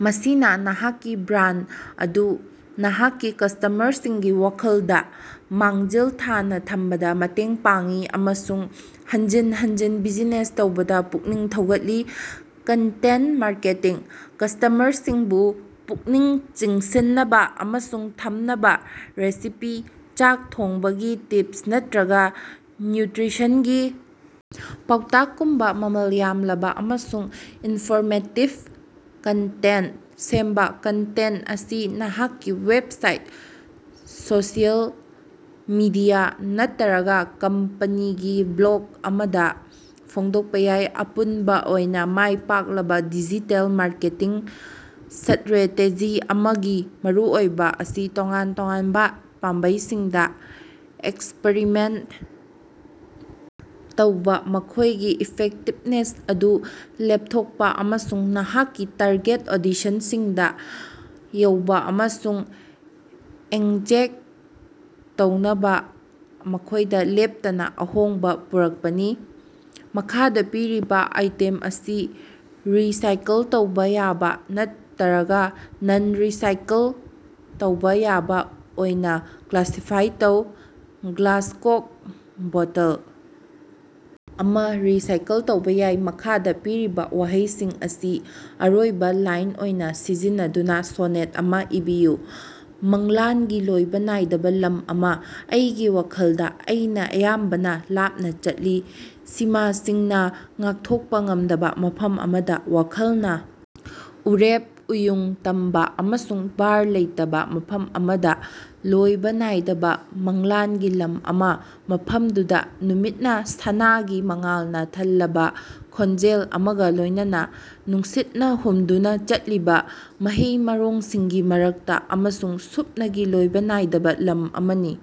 ꯃꯁꯤꯅ ꯅꯍꯥꯛꯀꯤ ꯕ꯭ꯔꯥꯟꯗ ꯑꯗꯨ ꯅꯍꯥꯛꯀꯤ ꯀꯁ꯭ꯇꯃꯔꯁꯤꯡꯒꯤ ꯋꯥꯈꯜꯗ‌ ꯃꯥꯡꯖꯤꯜ ꯊꯥꯅ ꯊꯝꯕꯗ ꯃꯇꯦꯡ ꯄꯥꯡꯏ ꯑꯃꯁꯨꯡ ꯍꯟꯖꯤꯟ ꯍꯟꯖꯤꯟ ꯕꯤꯖꯤꯅꯦꯁ ꯇꯧꯕꯗ ꯄꯨꯛꯅꯤꯡ ꯊꯧꯒꯠꯂꯤ꯫ ꯀꯟꯇꯦꯟꯇ ꯃꯥꯔꯀꯦꯇꯤꯡ - ꯀꯁ꯭ꯇꯃꯔꯁꯤꯡꯕꯨ ꯄꯨꯛꯅꯤꯡ ꯆꯤꯡꯁꯤꯟꯅꯕ ꯑꯃꯁꯨꯡ ꯊꯝꯅꯕ ꯔꯦꯁꯤꯄꯤ, ꯆꯥꯛ ꯊꯣꯡꯕꯒꯤ ꯇꯤꯞꯁ ꯅꯠꯇꯔꯒ ꯅ꯭ꯌꯨꯇꯔꯤꯁꯟꯒꯤ ꯄꯥꯎꯇꯥꯛꯀꯨꯝꯕ ꯃꯃꯜ ꯌꯥꯝꯂꯕ ꯑꯃꯁꯨꯡ ꯏꯟꯐꯣꯔꯃꯦꯇꯤꯕ ꯀꯟꯇꯦꯟꯇ ꯁꯦꯝꯕ꯫ ꯀꯟꯇꯦꯟꯇ ꯑꯁꯤ ꯅꯍꯥꯛꯀꯤ ꯋꯦꯕꯁꯥꯏꯠ, ꯁꯣꯁꯤꯑꯦꯜ ꯃꯤꯗꯤꯌꯥ ꯅꯠꯇꯔꯒ ꯀꯝꯄꯅꯤꯒꯤ ꯕ꯭ꯂꯣꯒ ꯑꯃꯗ ꯐꯣꯡꯗꯣꯛꯄ ꯌꯥꯏ꯫ ꯑꯄꯨꯟꯕ ꯑꯣꯏꯅ, ꯃꯥꯏ ꯄꯥꯛꯂꯕ ꯗꯤꯖꯤꯇꯦꯜ ꯃꯥꯔꯀꯦꯇꯤꯡ ꯁ꯭ꯠꯔꯦꯇꯦꯖꯤ ꯑꯃꯒꯤ ꯃꯔꯨꯑꯣꯏꯕ ꯑꯁꯤ ꯇꯣꯉꯥꯟ ꯇꯣꯉꯥꯟꯕ ꯄꯥꯝꯕꯩꯁꯤꯡꯗ ꯑꯦꯛꯁꯄꯔꯤꯃꯦꯟꯇ ꯇꯧꯕ, ꯃꯈꯣꯏꯒꯤ ꯏꯐꯦꯛꯇꯤꯕꯅꯦꯁ ꯑꯗꯨ ꯂꯦꯞꯊꯣꯛꯄ, ꯑꯃꯁꯨꯡ ꯅꯍꯥꯛꯀꯤ ꯇꯥꯔꯒꯦꯠ ꯑꯣꯗꯤꯁꯟꯁꯤꯡꯗ ꯌꯧꯕꯥ ꯑꯃꯁꯨꯡ ꯑꯦꯡꯒꯦꯖ ꯇꯧꯅꯕ ꯃꯈꯣꯏꯗ ꯂꯦꯞꯇꯅ ꯑꯍꯣꯡꯕ ꯄꯨꯔꯛꯄꯅꯤ꯫ ꯃꯈꯥꯗ ꯄꯤꯔꯤꯕ ꯑꯥꯏꯇꯦꯝ ꯑꯁꯤ ꯔꯤꯁꯥꯏꯀꯜ ꯇꯧꯕ‌ ꯌꯥꯕ ꯅꯠꯇꯔꯒ ꯅꯟ-ꯔꯤꯁꯥꯏꯀꯜ ꯇꯧꯕ ꯌꯥꯕ ꯑꯣꯏꯅ ꯀ꯭ꯂꯥꯁꯤꯐꯥꯏ ꯇꯧ꯫ ꯒ꯭ꯂꯥꯁꯀꯣꯛ ꯕꯣꯇꯜ ꯑꯃ ꯔꯤꯁꯥꯏꯀꯜ ꯇꯧꯕ ꯌꯥꯏ꯫ ꯃꯈꯥꯗ ꯄꯤꯔꯤꯕ ꯋꯥꯍꯩꯁꯤꯡ ꯑꯁꯤ ꯑꯔꯣꯏꯕ ꯂꯥꯏꯟ ꯑꯣꯏꯅ ꯁꯤꯖꯤꯟꯅꯗꯨꯅ ꯁꯣꯅꯦꯠ ꯑꯃ ꯏꯕꯤꯌꯨ꯫ ꯃꯪꯂꯥꯟꯒꯤ ꯂꯣꯏꯕ ꯅꯥꯏꯗꯕ ꯂꯝ ꯑꯃ - ꯑꯩꯒꯤ ꯋꯥꯈꯜꯗ, ꯑꯩꯅ ꯑꯌꯥꯝꯕꯅ ꯂꯥꯞꯅ ꯆꯠꯂꯤ, ꯁꯤꯃꯁꯤꯡꯅ ꯉꯥꯛꯊꯣꯛꯄ ꯉꯝꯗꯕ ꯃꯐꯝ ꯑꯃꯗ ꯋꯥꯈꯜꯅ ꯎꯔꯦꯞ ꯎꯌꯨꯡ ꯇꯝꯕ ꯑꯃꯁꯨꯡ ꯕꯥꯔ ꯂꯩꯇꯕ ꯃꯐꯝ ꯑꯃꯗ ꯂꯣꯏꯕ ꯅꯥꯏꯗꯕ ꯃꯪꯂꯥꯟꯒꯤ ꯂꯝ ꯑꯃ ꯃꯐꯝꯗꯨꯗ, ꯅꯨꯃꯤꯠꯅ ꯁꯅꯥꯒꯤ ꯃꯉꯥꯜꯅ ꯊꯜꯂꯕ ꯈꯣꯟꯖꯦꯜ ꯑꯃꯒ ꯂꯣꯏꯅꯅ ꯅꯨꯡꯁꯤꯠꯅ ꯍꯨꯝꯗꯨꯅ ꯆꯠꯂꯤꯕ ꯃꯍꯩ ꯃꯔꯣꯡꯁꯤꯡꯒꯤ ꯃꯔꯛꯇ꯫ ꯑꯃꯁꯨꯡ ꯁꯨꯞꯅꯒꯤ ꯂꯣꯏꯕ ꯅꯥꯏꯗꯕ ꯂꯝ ꯑꯃꯅꯤ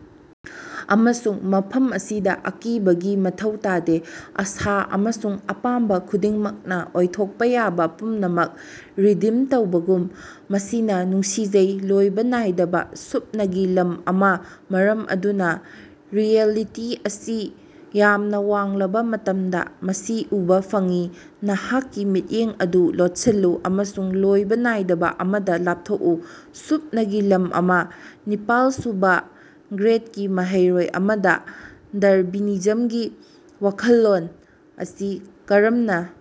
ꯑꯃꯁꯨꯡ ꯃꯐꯝ ꯑꯁꯤꯗ, ꯑꯀꯤꯕꯒꯤ ꯃꯊꯧ ꯇꯥꯗꯦ ꯑꯥꯁꯥ ꯑꯃꯁꯨꯡ ꯑꯄꯥꯝꯕ ꯈꯨꯗꯤꯡꯃꯛꯅ ꯑꯣꯏꯊꯣꯛꯄ ꯌꯥꯕ ꯄꯨꯝꯅꯃꯛ ꯔꯤꯗꯤꯝ ꯇꯧꯕꯒꯨꯝꯅꯥ, ꯃꯁꯤꯅ ꯅꯨꯡꯁꯤꯖꯩ ꯂꯣꯏꯕ ꯅꯥꯏꯗꯕ ꯁꯨꯞꯅꯒꯤ ꯂꯝ ꯑꯃ ꯃꯔꯝ ꯑꯗꯨꯅ ꯔꯤꯑꯦꯂꯤꯇꯤ ꯑꯁꯤ ꯌꯥꯝꯅ ꯋꯥꯡꯂꯕ‌ ꯃꯇꯝꯗ ꯃꯁꯤ ꯎꯕꯥ ꯐꯪꯏ ꯅꯍꯥꯛꯀꯤ ꯃꯤꯠꯌꯦꯡ ꯑꯗꯨ ꯂꯣꯠꯁꯤꯜꯂꯨ ꯑꯃꯁꯨꯡ ꯂꯣꯏꯕ ꯅꯥꯏꯗꯕ ꯑꯃꯗ ꯂꯥꯞꯊꯣꯛꯎ ꯁꯨꯞꯅꯒꯤ ꯂꯝ ꯑꯃ꯫ ꯅꯤꯄꯥꯜꯁꯨꯕ ꯒ꯭ꯔꯦꯗꯀꯤ ꯃꯍꯩꯔꯣꯏ ꯑꯃꯗ ꯗꯥꯔꯕꯤꯅꯤꯖꯝꯒꯤ ꯋꯥꯈꯜꯂꯣꯟ ꯑꯁꯤ ꯀꯔꯝꯅꯥꫪ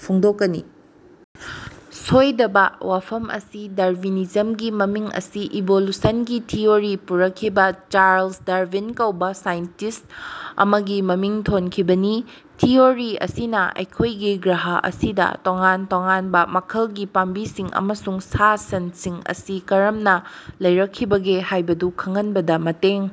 ꯐꯣꯡꯗꯣꯛꯀꯅꯤ? ꯁꯣꯏꯗꯕ ꯋꯥꯐꯝ ꯑꯁꯤ, ꯗꯥꯔꯕꯤꯅꯤꯖꯝꯒꯤ ꯃꯃꯤꯡ ꯑꯁꯤ ꯏꯚꯣꯂꯨꯁꯟꯒꯤ ꯊꯤꯑꯣꯔꯤ ꯄꯨꯔꯛꯈꯤꯕ ꯆꯥꯔ꯭ꯂꯁ ꯗꯥꯔꯕꯤꯟ ꯀꯧꯕ ꯁꯥꯏꯟꯇꯤꯁ꯭ꯠ ꯑꯃꯒꯤ ꯃꯃꯤꯡ ꯊꯣꯟꯈꯤꯕꯅꯤ꯫ ꯊꯤꯑꯣꯔꯤ ꯑꯁꯤꯅ ꯑꯩꯈꯣꯏꯒꯤ ꯒ꯭ꯔꯍ ꯑꯁꯤꯗ ꯇꯣꯉꯥꯟ ꯇꯣꯉꯥꯟꯕ ꯃꯈꯜꯒꯤ ꯄꯥꯝꯕꯤꯁꯤꯡ ꯑꯃꯁꯨꯡ ꯁꯥ-ꯁꯟꯁꯤꯡ ꯑꯁꯤ ꯀꯔꯝꯅ ꯂꯩꯔꯛꯈꯤꯕꯒꯦ ꯍꯥꯏꯕꯗꯨ ꯈꯪꯍꯟꯕꯗ ꯃꯇꯦꯡ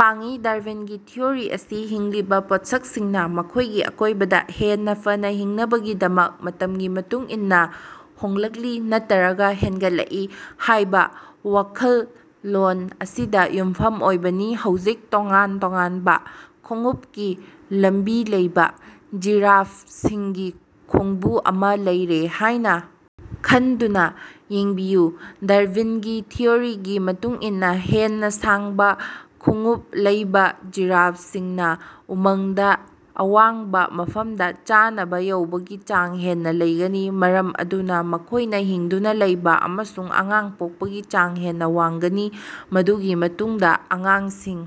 ꯄꯥꯡꯏ꯫ ꯗꯥꯔꯕꯤꯟꯒꯤ ꯊꯤꯑꯣꯔꯤ ꯑꯁꯤ ꯍꯤꯡꯂꯤꯕ ꯄꯣꯠꯁꯛꯁꯤꯡꯅ ꯃꯈꯣꯏꯒꯤ ꯑꯀꯣꯏꯕꯗ ꯍꯦꯟꯅ ꯐꯅ ꯍꯤꯡꯅꯕꯒꯤꯗꯃꯛ ꯃꯇꯝꯒꯤ ꯃꯇꯨꯡ ꯏꯟꯅ ꯍꯣꯡꯂꯛꯂꯤ, ꯅꯠꯇꯔꯒ ꯍꯦꯟꯒꯠꯂꯛꯏ ꯍꯥꯏꯕ ꯋꯥꯈꯜꯂꯣꯟ ꯑꯁꯤꯗ ꯌꯨꯝꯐꯝ ꯑꯣꯏꯕꯅꯤ꯫ ꯍꯧꯖꯤꯛ, ꯇꯣꯉꯥꯟ ꯇꯣꯉꯥꯟꯕ ꯈꯣꯡꯎꯞꯀꯤ ꯂꯝꯕꯤ ꯂꯩꯕ ꯖꯤꯔꯥꯐꯁꯤꯡꯒꯤ ꯈꯣꯡꯕꯨ ꯑꯃ ꯂꯩꯔꯦ ꯍꯥꯏꯅ ꯈꯟꯗꯨꯅ ꯌꯦꯡꯕꯤꯌꯨ꯫ ꯗꯥꯔꯕꯤꯟꯒꯤ ꯊꯤꯑꯣꯔꯤꯒꯤ ꯃꯇꯨꯡ ꯏꯟꯅ ꯍꯦꯟꯅ ꯁꯥꯡꯕ ꯈꯣꯡꯎꯞ ꯂꯩꯕ ꯖꯤꯔꯥꯐꯁꯤꯡꯅ ꯎꯃꯪꯗ ꯑꯋꯥꯡꯕ ꯃꯐꯝꯗ ꯆꯥꯅꯕ ꯌꯧꯕꯒꯤ ꯆꯥꯡ ꯍꯦꯟꯅ ꯂꯩꯒꯅꯤ, ꯃꯔꯝ ꯑꯗꯨꯅ ꯃꯈꯣꯏꯅ ꯍꯤꯡꯗꯨꯅ ꯂꯩꯕ ꯑꯃꯁꯨꯡ ꯑꯉꯥꯡ ꯄꯣꯛꯄꯒꯤ ꯆꯥꯡ ꯍꯦꯟꯅ ꯋꯥꯡꯒꯅꯤ꯫ ꯃꯗꯨꯒꯤ ꯃꯇꯨꯡꯗ ꯑꯉꯥꯡꯁꯤꯡ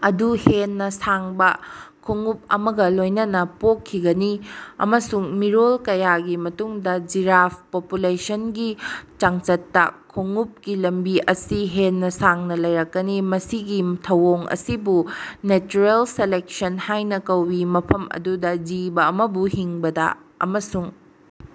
ꯑꯗꯨ ꯍꯦꯟꯅ ꯁꯥꯡꯕ ꯈꯣꯡꯎꯞ ꯑꯃꯒ ꯂꯣꯏꯅꯅ ꯄꯣꯛꯈꯤꯒꯅꯤ, ꯑꯃꯁꯨꯡ ꯃꯤꯔꯣꯜ ꯀꯌꯥꯒꯤ ꯃꯇꯨꯡꯗ ꯖꯤꯔꯥꯐ ꯄꯣꯄꯨꯂꯦꯁꯟꯒꯤ ꯆꯥꯡꯆꯠꯇ ꯈꯣꯡꯎꯞꯀꯤ ꯂꯝꯕꯤ ꯑꯁꯤ ꯍꯦꯟꯅ ꯁꯥꯡꯅ ꯂꯩꯔꯛꯀꯅꯤ꯫ ꯃꯁꯤꯒꯤ ꯊꯧꯑꯣꯡ ꯑꯁꯤꯕꯨ ꯅꯦꯆꯔꯦꯜ ꯁꯦꯂꯦꯛꯁꯟ ꯍꯥꯏꯅ ꯀꯧꯏ, ꯃꯐꯝ ꯑꯗꯨꯗ ꯖꯤꯕ ꯑꯃꯕꯨ ꯍꯤꯡꯕꯗ‌ ꯑꯃꯁꯨꯡ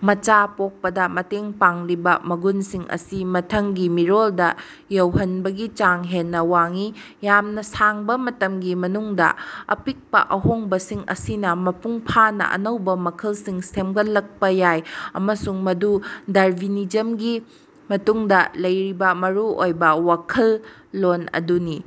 ꯃꯆꯥ ꯄꯣꯛꯄꯗ ꯃꯇꯦꯡ ꯄꯥꯡꯂꯤꯕ ꯃꯒꯨꯟꯁꯤꯡ ꯑꯁꯤ ꯃꯊꯪꯒꯤ ꯃꯤꯔꯣꯜꯗ ꯌꯧꯍꯟꯕꯒꯤ ꯆꯥꯡ ꯍꯦꯟꯅ ꯋꯥꯡꯏ꯫ ꯌꯥꯝꯅ ꯁꯥꯡꯕ ꯃꯇꯝꯒꯤ ꯃꯅꯨꯡꯗ ꯑꯄꯤꯛꯄ ꯑꯍꯣꯡꯕꯁꯤꯡ ꯑꯁꯤꯅ ꯃꯄꯨꯡꯐꯥꯅ ꯑꯅꯧꯕ ꯃꯈꯜꯁꯤꯡ ꯁꯦꯝꯒꯠꯂꯛꯄ ꯌꯥꯏ꯫ ꯑꯃꯁꯨꯡ ꯃꯗꯨ ꯗꯥꯔꯕꯤꯅꯤꯖꯝꯒꯤ ꯃꯇꯨꯡꯗ ꯂꯩꯔꯤꯕ ꯃꯔꯨ ꯑꯣꯏꯕ ꯋꯥꯈꯜꯂꯣꯟ ꯑꯗꯨꯅꯤ꯫